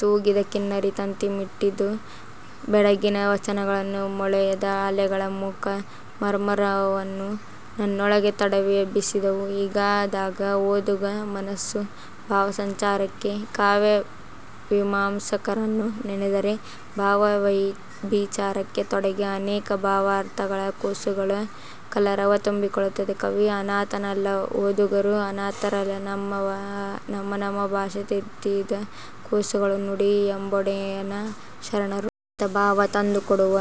ತೂಗಿದ ಕಿನ್ನರಿ ತಂತಿ ಮೀಟಿದ್ದು, ಬೆಡಗಿನ ವಚನಗಳನ್ನೂ ಮೊಳೆಯದ ಅಲೆಗಳ ಮೂಕ ಮರ್ಮರವನ್ನೂ ನನ್ನೊಳಗೆ ತಡವಿ ಎಬ್ಬಿಸಿದವು. ಹೀಗಾದಾಗ ಓದುಗ ಮನಸ್ಸು ಭಾವಸಂಚಾರಕ್ಕೆ ಕಾವ್ಯಮೀಮಾಂಸಕರನ್ನು ನೆನೆದರೆ ಭಾವವ್ಯಭಿಚಾರಕ್ಕೆ ತೊಡಗಿ ಅನೇಕ ಭಾವ ಅರ್ಥಗಳ ಕೂಸುಗಳ ಕಲರವ ತುಂಬಿಕೊಳ್ಳುತ್ತದೆ. ಕವಿ ಅನಾಥನಲ್ಲ ಓದುಗರೂ ಅನಾಥರಲ್ಲ ನಮ್ಮ ನಮ್ಮ ಭಾಷೆ ತಿದ್ದಿದ ಕೂಸುಗಳು, 'ನುಡಿ'ಎಂಬೊಡೆಯನ ಶರಣರು. ಇಂಥ ಭಾವ ತಂದುಕೊಡುವ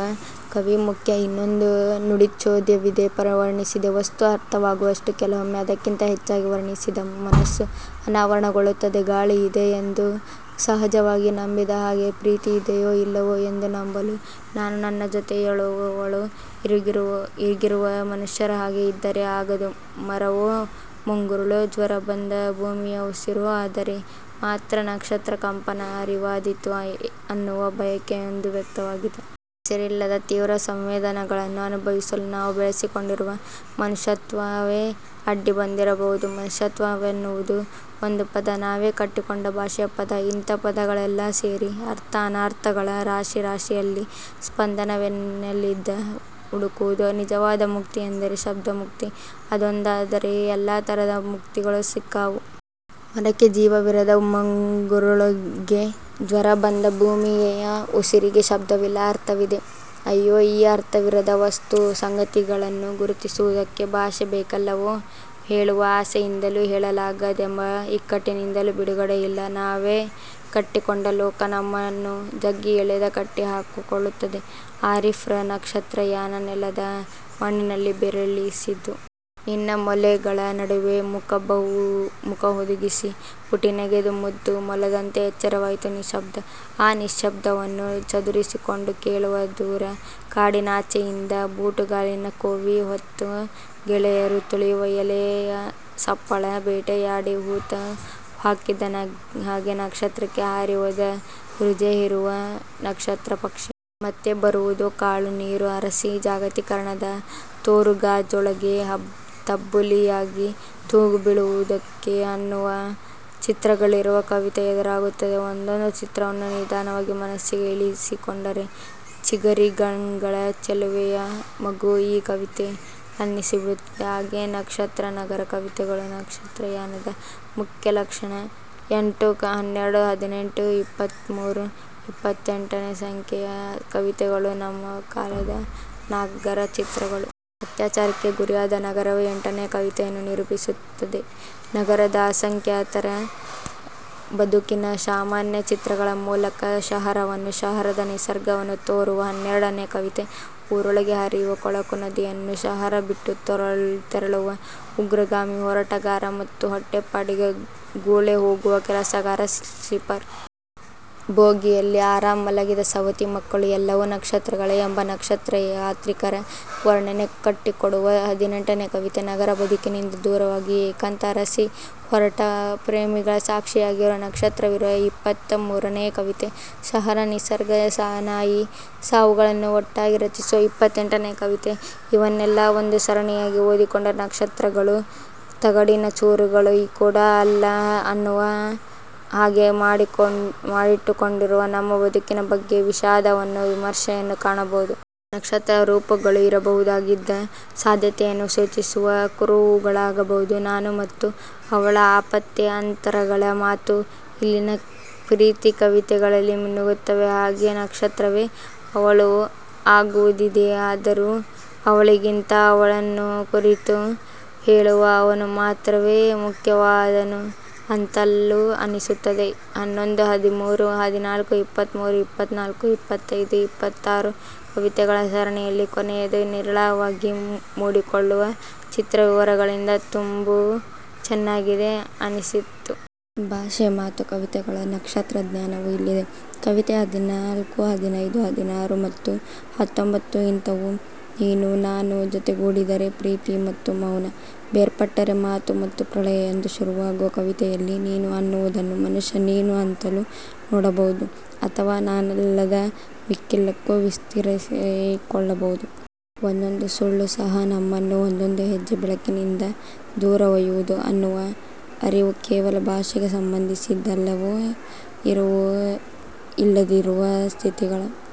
ಕವಿ ಮುಖ್ಯ. ಇನ್ನೊಂದು ನುಡಿಚೋದ್ಯವಿದೆ ವರ್ಣಿಸಿದ ವಸ್ತು ಅರ್ಥವಾಗುವಷ್ಟೇ ಕೆಲವೊಮ್ಮೆ ಅದಕ್ಕಿಂತ ಹೆಚ್ಚಾಗಿ ವರ್ಣಿಸಿದ ಮನಸ್ಸು ಅನಾವರಣಗೊಳ್ಳುತ್ತದೆ. ಗಾಳಿ ಇದೆ ಎಂದು ಸಹಜವಾಗಿ ನಂಬಿದ ಹಾಗೆ ಪ್ರೀತಿ ಇದೆಯೋ ಇಲ್ಲವೋ ಎಂದು ನಂಬಲು ನಾನೂ ನನ್ನ ಜೊತೆಯವಳೂ ಈಗಿರುವ ಮನುಷ್ಯರ ಹಾಗೆ ಇದ್ದರೆ ಆಗದು ಮರವೋ ಮುಂಗುರುಳೋ ಜ್ವರಬಂದ ಭೂಮಿಯ ಉಸಿರೋ ಆದರೆ ಮಾತ್ರ ನಕ್ಷತ್ರಕಂಪನ ಅರಿವಾದೀತು ಅನ್ನುವ ಬಯಕೆಯೊಂದು ವ್ಯಕ್ತವಾಗಿದೆ. ಹೆಸರಿಲ್ಲದ ತೀವ್ರ ಸಂವೇದನೆಗಳನ್ನು ಅನುಭವಿಸಲು ನಾವು ಬೆಳೆಸಿಕೊಂಡಿರುವ 'ಮನುಷ್ಯತ್ವ'ವೇ ಅಡ್ಡಿ ಬಂದಿರಬಹುದು. ಮನುಷ್ಯತ್ವವೆನ್ನುವುದು ಒಂದು ಪದ, ನಾವೇ ಕಟ್ಟಿಕೊಂಡ ಭಾಷೆಯ ಪದ. ಇಂಥ ಪದಗಳೆಲ್ಲ ಸೇರಿ ಅರ್ಥ ಅನರ್ಥಗಳ ರಾಶಿ ರಾಶಿಯಲ್ಲಿ ಸ್ಪಂದನವನ್ನೆಲ್ಲಿಂದ ಹುಡುಕುವುದು. ನಿಜವಾದ ಮುಕ್ತಿ ಎಂದರೆ ಶಬ್ದಮುಕ್ತಿ. ಅದೊಂದಾದರೆ ಎಲ್ಲ ಥರದ ಮುಕ್ತಿಗಳೂ ಸಿಕ್ಕಾವು. ಮರಕ್ಕೆ ಜೀವವಿರದ ಮುಂಗುರುಳಿಗೆ, ಜ್ವರ ಬಂದ ಭೂಮಿಯ ಉಸಿರಿಗೆ ಶಬ್ದವಿಲ್ಲ ಅರ್ಥವಿದೆ. ಅಯ್ಯೋ ಈ ಅರ್ಥವಿರದ ವಸ್ತು ಸಂಗತಿಗಳನ್ನು ಗುರುತಿಸುವುದಕ್ಕೂ ಭಾಷೆ ಬೇಕಲ್ಲವೋ ಹೇಳುವ ಆಸೆಯಿಂದಲೂ ಹೇಳಲಾಗದೆಂಬ ಇಕ್ಕಟ್ಟಿನಿಂದಲೂ ಬಿಡುಗಡೆ ಇಲ್ಲ. ನಾವೇ ಕಟ್ಟಿಕೊಂಡ ಲೋಕ ನಮ್ಮನ್ನು ಜಗ್ಗಿ ಎಳೆದು ಕಟ್ಟಿಹಾಕಿಕೊಳ್ಳುತ್ತದೆ. ಆರಿಫ್ರ ನಕ್ಷತ್ರ ಯಾನ ನೆಲದ ಮಣ್ಣಿನಲ್ಲಿ ಬೇರಿಳಿಸಿದ್ದು. ನಿನ್ನ ಮೊಲೆಗಳ ನಡುವೆ ಮುಖಹುದುಗಿಸಿ ಪುಟಿನೆಗೆದ ಮುದ್ದು ಮೊಲದಂತೆ ಎಚ್ಚರವಾಯಿತು ನಿಶಬ್ದ. ಆ ನಿಶ್ಶಬ್ದವನ್ನು ಚದುರಿಸಿಕೊಂಡು ಕೇಳುವ ದೂರ ಕಾಡಿನಾಚೆಯಿಂದ ಬೂಟುಗಾಲಿನ ಕೋವಿ ಹೊತ್ತ ಗೆಳೆಯರು ತುಳಿವ ಎಲೆಯ ಸಪ್ಪಳ. ಬೇಟೆಯಾಡಿ ಹೂತು ಹಾಕಿದ ಹಾಗೆ ನಕ್ಷತ್ರಕ್ಕೆ ಹಾರಿ ಹೋದ ರುಜೆ ಹೀರುವ ನಕ್ಷತ್ರ ಪಕ್ಷಿ. ಮತ್ತೆ ಬರುವುದೋ ಕಾಳು ನೀರು ಅರಸಿ ಜಾಗತೀಕರಣದ ತೋರುಗಾಜೊಳಗೆ ತಬ್ಬಲಿಯಾಗಿ ತೂಗುಬೀಳುವುದಕ್ಕೆ ಅನ್ನುವ ಚಿತ್ರಗಳಿರುವ ಕವಿತೆ ಎದುರಾಗುತ್ತದೆ. ಒಂದೊಂದೂ ಚಿತ್ರವನ್ನು ನಿಧಾನವಾಗಿ ಮನಸ್ಸಿಗೆ ಇಳಿಸಿಕೊಂಡರೆ 'ಚಿಗರಿಗಂಗಳ ಚೆಲುವೆ'ಯ ಮಗು ಈ ಕವಿತೆ ಅನ್ನಿಸಿಬಿಡುತ್ತದೆ. ಹಾಗೆ ನಕ್ಷತ್ರ-ನಗರ ಕವಿತೆಗಳು ನಕ್ಷತ್ರ ಯಾನದ ಮುಖ್ಯ ಲಕ್ಷಣ. ಎಂಟು, ಹನ್ನೆರಡು, ಹದಿನೆಂಟು, ಇಪ್ಪತ್ತ ಮೂರು, ಇಪ್ಪತ್ತೆಂಟನೆಯ, ಸಂಖ್ಯೆಯ ಕವಿತೆಗಳು ನಮ್ಮ ಕಾಲದ ನಗರಚಿತ್ರಗಳು. ಅತ್ಯಾಚಾರಕ್ಕೆ ಗುರಿಯಾದ ನಗರವೇ ಎಂಟನೆಯ ಕವಿತೆಯನ್ನು ನಿರೂಪಿಸುತ್ತದೆ. ನಗರದ ಅಸಂಖ್ಯಾತರ ಬದುಕಿನ ಸಾಮಾನ್ಯ ಚಿತ್ರಗಳ ಮೂಲಕ ಶಹರವನ್ನೂ ಶಹರದ ನಿಸರ್ಗವನ್ನೂ ತೋರುವ ಹನ್ನೆರಡನೆಯ ಕವಿತೆ. ಊರೊಳಗೆ ಹರಿಯುವ ಕೊಳಕು ನದಿಯನ್ನೂ, ಶಹರ ಬಿಟ್ಟು ತೆರಳುವ ಉಗ್ರಗಾಮಿ ಹೋರಾಟಗಾರ ಮತ್ತು ಹೊಟ್ಟೆ ಪಾಡಿಗೆ ಗುಳೆಹೋಗುವ ಕೆಲಸಗಾರ ಸ್ಲೀಪರ್ ಬೋಗಿಯಲ್ಲಿ ಆರಾಮ ಮಲಗಿದ ಸವತಿ ಮಕ್ಕಳು ಎಲ್ಲವೂ ನಕ್ಷತ್ರಗಳೇ ಎಂಬ 'ನಕ್ಷತ್ರ ಯಾತ್ರಿಕ'ರ ವರ್ಣನೆ ಕಟ್ಟಿಕೊಡುವ ಹದಿನೆಂಟನೆಯ ಕವಿತೆ, ನಗರ ಬದುಕಿನಿಂದ ದೂರವಾಗಿ ಏಕಾಂತ ಅರಸಿ ಹೊರಟ ಪ್ರೇಮಿಗಳ ಸಾಕ್ಷಿಯಾಗಿರುವ ನಕ್ಷತ್ರವಿರುವ ಇಪ್ಪತ್ತ ಮೂರನೆಯ ಕವಿತೆ, ಶಹರ ನಿಸರ್ಗ ನಾಯಿ ಸಾವುಗಳನ್ನು ಒಟ್ಟಾಗಿ ರಚಿಸುವ ಇಪ್ಪತ್ತೆಂಟನೆಯ ಕವಿತೆ ಇವನ್ನೆಲ್ಲ ಒಂದು ಸರಣಿಯಾಗಿ ಓದಿಕೊಂಡರೆ ನಕ್ಷತ್ರಗಳು ತಗಡಿನ ಚೂರುಗಳು ಕೂಡ ಅಲ್ಲ ಅನ್ನುವ ಹಾಗೆ ಮಾಡಿಟ್ಟುಕೊಂಡಿರು ನಮ್ಮ ಬದುಕಿನ ಬಗ್ಗೆ ವಿಷಾದವನ್ನೂ ವಿಮರ್ಶೆಯನ್ನೂ ಕಾಣಬಹುದು. ನಕ್ಷತ್ರ ರೂಪಕಗಳು ಇರಬಹುದಾಗಿದ್ದ ಸಾಧ್ಯತೆಯನ್ನು ಸೂಚಿಸುವ ಕುರುಹುಗಳಾಗಬಹುದು. 'ನಾನು' ಮತ್ತು 'ಅವಳ' ಆಪ್ತತೆ, ಅಂತರಗಳ ಮಾತೂ ಇಲ್ಲಿನ ಪ್ರೀತಿ ಕವಿತೆಗಳಲ್ಲಿ ಮಿನುಗುತ್ತವೆ; ಹಾಗೇ ನಕ್ಷತ್ರವೇ 'ಅವಳು' ಆಗುವುದಿದೆ. ಆದರೂ ಅವಳಿಗಿಂತ ಅವಳನ್ನು ಕುರಿತು ಹೇಳುವ 'ಅವನು' ಮಾತ್ರವೇ ಮುಖ್ಯವಾದನೋ ಅಂತಲೂ ಅನ್ನಿಸುತ್ತದೆ. ಹನ್ನೊಂದು, ಹದಿಮೂರು, ಹದಿನಾಲ್ಕು, ಇಪ್ಪತ್ತ ಮೂರು, ಇಪ್ಪಾತ್ತ್ನಾಲ್ಕು, ಇಪ್ಪತ್ತೈದು, ಇಪ್ಪತ್ತಾರು ಕವಿತೆಗಳ ಸರಣಿಯಲ್ಲಿ ಕೊನೆಯದು ನಿರಾಳವಾಗಿ ಮೂಡಿಕೊಳ್ಳುವ ಚಿತ್ರವಿವರಗಳಿಂದ ತುಂಬ ಚೆನ್ನಾಗಿದೆ ಅನ್ನಿಸಿತು. ಭಾಷೆ, ಮಾತು, ಕವಿತೆಗಳ ನಕ್ಷತ್ರಧ್ಯಾನವೂ ಇಲ್ಲಿದೆ. ಕವಿತೆ ಹದಿನಾಲ್ಕು ಹದಿನೈದು ಹದಿನಾರು ಮತ್ತು ಹತ್ತೊಂಭತ್ತು ಇಂಥವು. 'ನೀನು-ನಾನು ಜೊತೆಗೂಡಿದರೆ ಪ್ರೀತಿ ಮತ್ತು ಮೌನ; ಬೇರ್ಪಟ್ಟರೆ ಮಾತು ಮತ್ತು ಪ್ರಳಯ' ಎಂದು ಶುರುವಾಗುವ ಕವಿತೆಯಲ್ಲಿ ನೀನು ಅನ್ನುವುದನ್ನು ಮನುಷ್ಯ ನೀನು ಅಂತಲೂ ನೋಡಬಹುದು, ಅಥವ ನಾನಲ್ಲದ ಮಿಕ್ಕೆಲ್ಲಕ್ಕೂ ವಿಸ್ತರಿಸಿಕೊಳ್ಳಬಹುದು. 'ಒಂದೊಂದು ಸುಳ್ಳು ಸಹ ನಮ್ಮನು ಒಂದೊಂದು ಹೆಜ್ಜೆ ಬೆಳಕಿನಿಂದ ದೂರ ಒಯ್ಯುವುದು' ಅನ್ನುವ ಅರಿವು ಕೇವಲ ಭಾಷೆಗೆ ಸಂಬಂಧಿಸಿದ್ದಲ್ಲವೋ ಇರುವ ಇಲ್ಲದಿರುವ ಸ್ಥಿತಿಗಳ